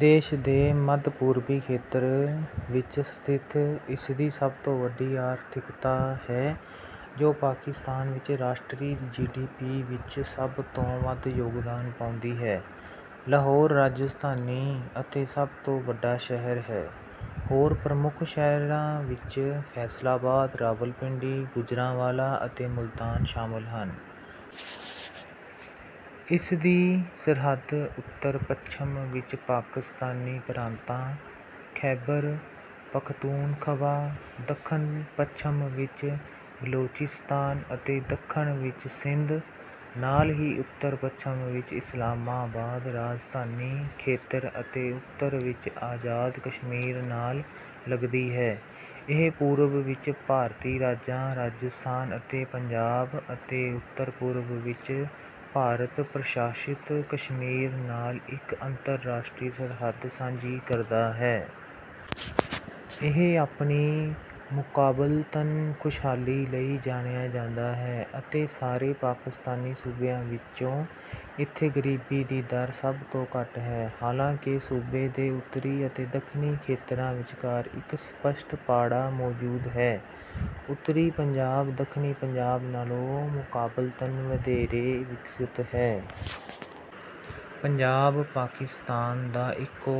ਦੇਸ਼ ਦੇ ਮੱਧ-ਪੂਰਬੀ ਖੇਤਰ ਵਿੱਚ ਸਥਿਤ, ਇਸਦੀ ਸਭ ਤੋਂ ਵੱਡੀ ਆਰਥਿਕਤਾ ਹੈ, ਜੋ ਪਾਕਿਸਤਾਨ ਵਿੱਚ ਰਾਸ਼ਟਰੀ ਜੀਡੀਪੀ ਵਿੱਚ ਸਭ ਤੋਂ ਵੱਧ ਯੋਗਦਾਨ ਪਾਉਂਦੀ ਹੈ। ਲਾਹੌਰ ਰਾਜਧਾਨੀ ਅਤੇ ਸਭ ਤੋਂ ਵੱਡਾ ਸ਼ਹਿਰ ਹੈ। ਹੋਰ ਪ੍ਰਮੁੱਖ ਸ਼ਹਿਰਾਂ ਵਿੱਚ ਫੈਸਲਾਬਾਦ, ਰਾਵਲਪਿੰਡੀ, ਗੁਜਰਾਂਵਾਲਾ ਅਤੇ ਮੁਲਤਾਨ ਸ਼ਾਮਲ ਹਨ। ਇਸਦੀ ਸਰਹੱਦ ਉੱਤਰ-ਪੱਛਮ ਵਿੱਚ ਪਾਕਿਸਤਾਨੀ ਪ੍ਰਾਂਤਾਂ ਖੈਬਰ ਪਖਤੂਨਖਵਾ, ਦੱਖਣ-ਪੱਛਮ ਵਿੱਚ ਬਲੋਚਿਸਤਾਨ ਅਤੇ ਦੱਖਣ ਵਿੱਚ ਸਿੰਧ, ਨਾਲ ਹੀ ਉੱਤਰ-ਪੱਛਮ ਵਿੱਚ ਇਸਲਾਮਾਬਾਦ ਰਾਜਧਾਨੀ ਖੇਤਰ ਅਤੇ ਉੱਤਰ ਵਿੱਚ ਆਜ਼ਾਦ ਕਸ਼ਮੀਰ ਨਾਲ ਲੱਗਦੀ ਹੈ। ਇਹ ਪੂਰਬ ਵਿੱਚ ਭਾਰਤੀ ਰਾਜਾਂ ਰਾਜਸਥਾਨ ਅਤੇ ਪੰਜਾਬ ਅਤੇ ਉੱਤਰ-ਪੂਰਬ ਵਿੱਚ ਭਾਰਤ-ਪ੍ਰਸ਼ਾਸਿਤ ਕਸ਼ਮੀਰ ਨਾਲ ਇੱਕ ਅੰਤਰਰਾਸ਼ਟਰੀ ਸਰਹੱਦ ਸਾਂਝੀ ਕਰਦਾ ਹੈ। ਇਹ ਆਪਣੀ ਮੁਕਾਬਲਤਨ ਖੁਸ਼ਹਾਲੀ ਲਈ ਜਾਣਿਆ ਜਾਂਦਾ ਹੈ, ਅਤੇ ਸਾਰੇ ਪਾਕਿਸਤਾਨੀ ਸੂਬਿਆਂ ਵਿੱਚੋਂ ਇੱਥੇ ਗਰੀਬੀ ਦੀ ਦਰ ਸਭ ਤੋਂ ਘੱਟ ਹੈ। ਹਾਲਾਂਕਿ, ਸੂਬੇ ਦੇ ਉੱਤਰੀ ਅਤੇ ਦੱਖਣੀ ਖੇਤਰਾਂ ਵਿਚਕਾਰ ਇੱਕ ਸਪੱਸ਼ਟ ਪਾੜਾ ਮੌਜੂਦ ਹੈ; ਉੱਤਰੀ ਪੰਜਾਬ ਦੱਖਣੀ ਪੰਜਾਬ ਨਾਲੋਂ ਮੁਕਾਬਲਤਨ ਵਧੇਰੇ ਵਿਕਸਤ ਹੈ। ਪੰਜਾਬ ਪਾਕਿਸਤਾਨ ਦਾ ਇਕੋ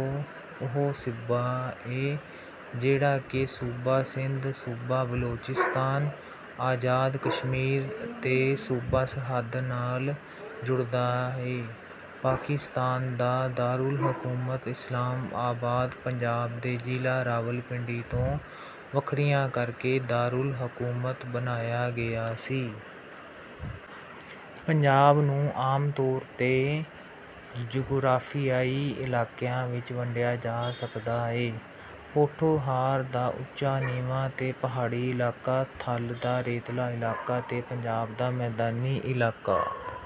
ਉਹ ਸੂਬਾ ਏ ਜਿਹੜਾ ਕਿ ਸੂਬਾ ਸਿੰਧ, ਸੂਬਾ ਬਲੋਚਿਸਤਾਨ, ਆਜ਼ਾਦ ਕਸ਼ਮੀਰ ਤੇ ਸੂਬਾ ਸਰਹੱਦ ਨਾਲ ਜੁੜਦਾ ਏ। ਪਾਕਿਸਤਾਨ ਦਾ ਦਾਰੁਲ ਹਕੂਮਤ ਇਸਲਾਮ ਆਬਾਦ ਪੰਜਾਬ ਦੇ ਜ਼ਿਲ੍ਹਾ ਰਾਵਲਪਿੰਡੀ ਤੋਂ ਵੱਖਰੀਆਂ ਕਰ ਕੇ ਦਾਰੁਲ ਹਕੂਮਤ ਬਣਾਇਆ ਗਿਆ ਸੀ। ਪੰਜਾਬ ਨੂੰ ਆਮ ਤੌਰ 'ਤੇ ਜੁਗ਼ਰਾਫ਼ੀਆਈ ਇਲਾਕਿਆਂ ਵਿੱਚ ਵੰਡਿਆ ਜਾ ਸਕਦਾ ਏ: ਪੋਠੋਹਾਰ ਦਾ ਉੱਚਾ ਨੀਵਾਂ ਤੇ ਪਹਾੜੀ ਇਲਾਕਾ, ਥਲ ਦਾ ਰੇਤਲਾ ਇਲਾਕਾ ਤੇ ਪੰਜਾਬ ਦਾ ਮੈਦਾਨੀ ਇਲਾਕਾ।